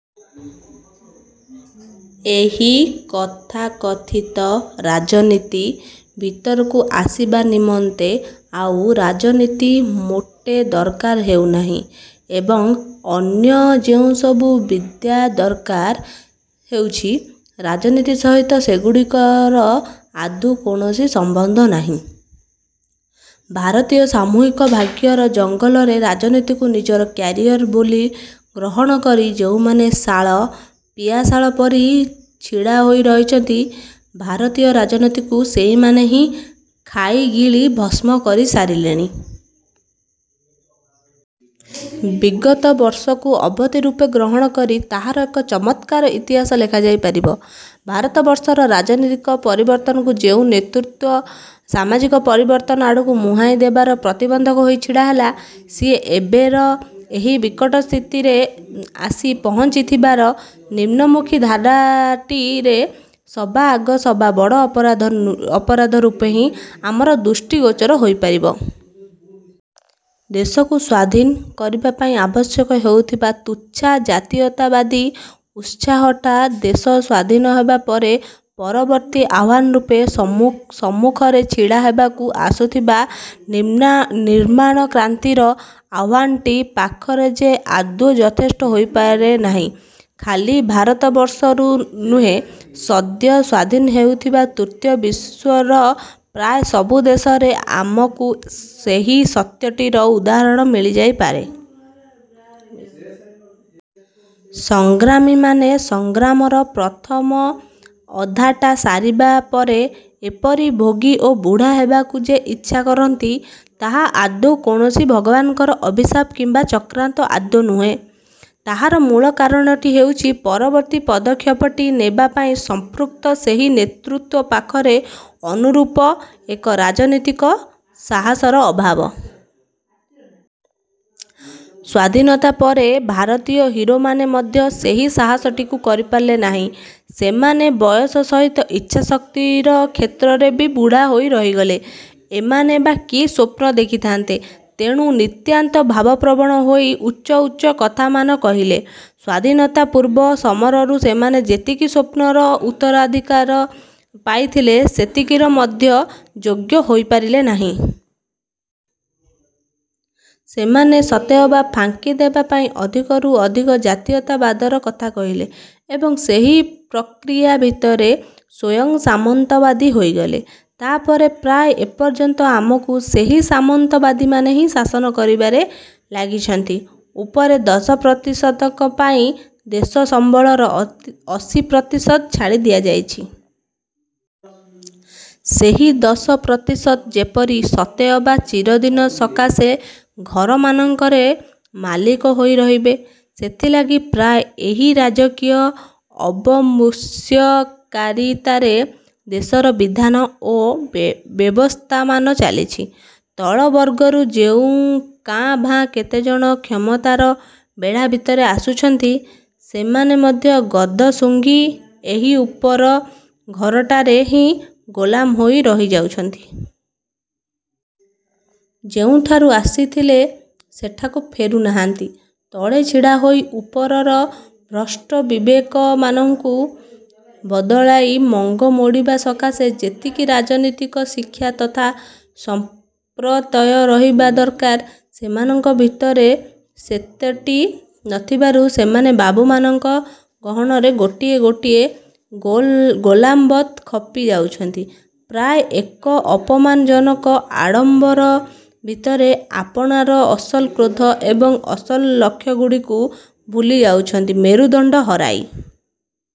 ଏହି ତଥାକଥିତ ରାଜନୀତି ଭିତରକୁ ଆସିବା ନିମନ୍ତେ ଆଉ ରାଜନୀତି ମୋଟେ ଦରକାର ହେଉ ନାହିଁ ଏବଂ ଅନ୍ୟ ଯେଉଁସବୁ ବିଦ୍ୟା ଦରକାର ହେଉଛି, ରାଜନୀତି ସହିତ ସେଗୁଡ଼ିକର ଆଦୌ କୌଣସି ସମ୍ବନ୍ଧ ନାହିଁ। ଭାରତୀୟ ସାମୂହିକ ଭାଗ୍ୟର ଜଙ୍ଗଲରେ ରାଜନୀତିକୁ ନିଜର କ୍ୟାରିୟର ବୋଲି ଗ୍ରହଣ କରି ଯେଉଁମାନେ ଶାଳ, ପିଆଶାଳ ପରି ଛିଡ଼ା ହୋଇ ରହିଛନ୍ତି, ଭାରତୀୟ ରାଜନୀତିକୁ ସେଇମାନେ ହିଁ ଖାଇ ଗିଳି ଭସ୍ମ କରି ସାରିଲେଣି। ବିଗତ ବର୍ଷକୁ ଅବଧି ରୂପେ ଗ୍ରହଣ କରି ତାହାର ଏକ ଚମତ୍କାର ଇତିହାସ ଲେଖାଯାଇ ପାରିବ। ଭାରତବର୍ଷର ରାଜନୀତିକ ପରିବର୍ତ୍ତନକୁ ଯେଉଁ ନେତୃତ୍ଵ ସାମାଜିକ ପରିବର୍ତ୍ତନ ଆଡ଼କୁ ମୁହାଁଇ ଦେବାରେ ପ୍ରତିବନ୍ଧକ ହୋଇ ଛିଡ଼ା ହେଲା, ସିଏ ଏବର ଏହି ବିକଟ ସ୍ଥିତିରେ ଆସି ପହଞ୍ଚି ଥିବାର ନିମ୍ନମୁଖୀ ଧାରାଟିରେ ସବା ଆଗ ସବା ବଡ଼ ଅପରାଧୀ ରୂପେ ହିଁ ଆମର ଦୃଷ୍ଟି ଗୋଚର ହୋଇପାରିବ। ଦେଶକୁ ସ୍ୱାଧୀନ। କରିବା ପାଇଁ ଆବଶ୍ୟକ ହେଉଥିବା ତୁଚ୍ଛା ଜାତୀୟତାବାଦୀ ଉତ୍ସାହଟା ଦେଶ ସ୍ୱାଧୀନ ହେବା ପରେ ପରବର୍ତ୍ତୀ ଆହ୍ୱାନ ରୂପେ ସମ୍ମୁଖରେ ଛିଡ଼ା ହେବାକୁ ଆସୁଥିବା ନିର୍ମାଣକ୍ରାନ୍ତିର ଆହ୍ୱାନଟି ପାଖରେ ଯେ ଆଦୌ ଯଥେଷ୍ଟ ହୋଇପାରେ ନାହିଁ, ଖାଲି ଭାରତବର୍ଷରୁ ନୁହେଁ, ସଦ୍ୟ ସ୍ଵାଧୀନ ହୋଇଥିବା ତୃତୀୟ ବିଶ୍ୱର ପ୍ରାୟ ସବୁ ଦେଶରେ ଆମକୁ ସେହି ସତ୍ୟଟିର ଉଦାହରଣ ମିଳିଯାଇପାରିବ। ସଂଗ୍ରାମୀମାନେ ସଂଗ୍ରାମର ପ୍ରଥମ ଅଧାଟା ସରିବା ପରେ ଏପରି ଭୋଗୀ ଓ ବୁଢ଼ା ହେବାକୁ ଯେ ଇଚ୍ଛା କରନ୍ତି, ତାହା ଆଦୌ କୌଣସି ଭଗବାନଙ୍କର ଅଭିଶାପ କିମ୍ବା ଚକ୍ରାନ୍ତ ଆଦୌ ନୁହେଁ; ତାହାର ମୂଳ କାରଣଟି ହେଉଛି ପରବର୍ତ୍ତୀ ପଦକ୍ଷେପଟି ନେବା ପାଇଁ ସମ୍ପୃକ୍ତ ସେହି ନେତୃତ୍ୱ ପାଖରେ ଅନୁରୂପ ଏକ ରାଜନୀତିକ ସାହସର ଅଭାବ। ସ୍ଵାଧୀନତା ପରେ ଭାରତୀୟ ହୀରୋମାନେ ମଧ୍ୟ ସେହି ସାହସଟିକୁ କରିପାରିଲେ ନାହିଁ। ସେମାନେ ବୟସ ସହିତ ଇଚ୍ଛାଶକ୍ତିର କ୍ଷେତ୍ରରେ ବି ବୁଢ଼ା ହୋଇ ରହିଗଲେ। ଏମାନେ ବା କି ସ୍ୱପ୍ନ ଦେଖିଥାନ୍ତେ, ତେଣୁ ନିତାନ୍ତ ଭାବପ୍ରବଣ ହୋଇ ଉଚ୍ଚ ଉଚ୍ଚ କଥାମାନ କହିଲେ। ସ୍ଵାଧୀନତାପୂର୍ବ ସମରରୁ ସେମାନେ ଯେତିକି ସ୍ୱପ୍ନର ଉତ୍ତରାଧିକାର ପାଇଥିଲେ, ସେତିକିର ମଧ୍ୟ ଯୋଗ୍ୟ ହୋଇପାରିଲେ ନାହିଁ। ସେମାନେ ସତେଅବା ଫାଙ୍କି ଦେବା ପାଇଁ ଅଧିକରୁ ଅଧିକ ଜାତୀୟତାବାଦର କଥା କହିଲେ ଏବଂ ସେହି ପ୍ରକ୍ରିୟା ଭିତରେ ସ୍ୱୟଂ ସାମନ୍ତବାଦୀ ହୋଇଗଲେ। ତାପରେ ପ୍ରାୟ ଏପର୍ଯ୍ୟନ୍ତ ଆମକୁ ସେହି ସାମନ୍ତବାଦୀମାନେ ହିଁ ଶାସନ କରିବାରେ ଲାଗିଛନ୍ତି। ଉପରେ ଦଶ ପ୍ରତିଶତଙ୍କ ପାଇଁ ଦେଶସମ୍ବଳର ଅଶୀ ପ୍ରତିଶତ ଛାଡ଼ି ଦିଆଯାଇଛି। ସେହି ଦଶ ପ୍ରତିଶତ ଯେପରି ସତେଅବା ଚିରଦିନ ସକାଶେ ଘରମାନଙ୍କରେ ମାଲିକ ହୋଇ ରହିବେ, ସେଥିଲାଗି ପ୍ରାୟ ଏକ ରାଜକୀୟ ଅବମୃଷ୍ୟକାରିତାରେ ଦେଶର ବିଧାନ ଓ ବ୍ୟବସ୍ଥାମାନ ଚାଲିଛି। ତଳବର୍ଗରୁ ଯେଉଁ କାଁ ଭାଁ କେତେଜଣ କ୍ଷମତାର ବେଢ଼ା ଭିତରକୁ ଆସୁଛନ୍ତି, ସେମାନେ ମଧ୍ୟ ଗଦ ଶୁଘିଂ ଏହି ଉପର ଘରଟାରେ ହିଁ ଗୋଲାମ ହୋଇ ରହିଯାଉଛନ୍ତି। ଯେଉଁଠାରୁ ଆସିଥଲେ, ସେଠାକୁ ଫେରୁନାହାନ୍ତି। ତଳେ ଛିଡ଼ାହୋଇ ଉପରର ଭ୍ରଷ୍ଟ ବିବେକମାନଙ୍କୁ ବଦଳାଇ ମଙ୍ଗ ମୋଡ଼ିବା ସକାଶେ ଯେତିକି ରାଜନୀତିକ ଶିକ୍ଷା ତଥା ସଂପ୍ରତ୍ୟୟ ରହିବା ଦରକାର, ସେମାନଙ୍କ ଭିତରେ ସେଇଟି ନଥିବାରୁ ସେମାନେ ବାବୁ ମାନଙ୍କର ଗହଣରେ ଗୋଟିଏ ଗୋଟିଏ ଗୋଲାମବତ୍ ଖପି ଯାଉଛନ୍ତି, ପ୍ରାୟ ଏକ ଅପମାନଜନକ ଆଡ଼ମ୍ବର ଭିତରେ ଆପଣାର ଅସଲ କ୍ରୋଧ ଏବଂ ଅସଲ ଲକ୍ଷ୍ୟଗୁଡ଼ିକୁ ଭୁଲି ଯାଉଛନ୍ତି। ମେରୁଦଣ୍ଡ ହରାଇ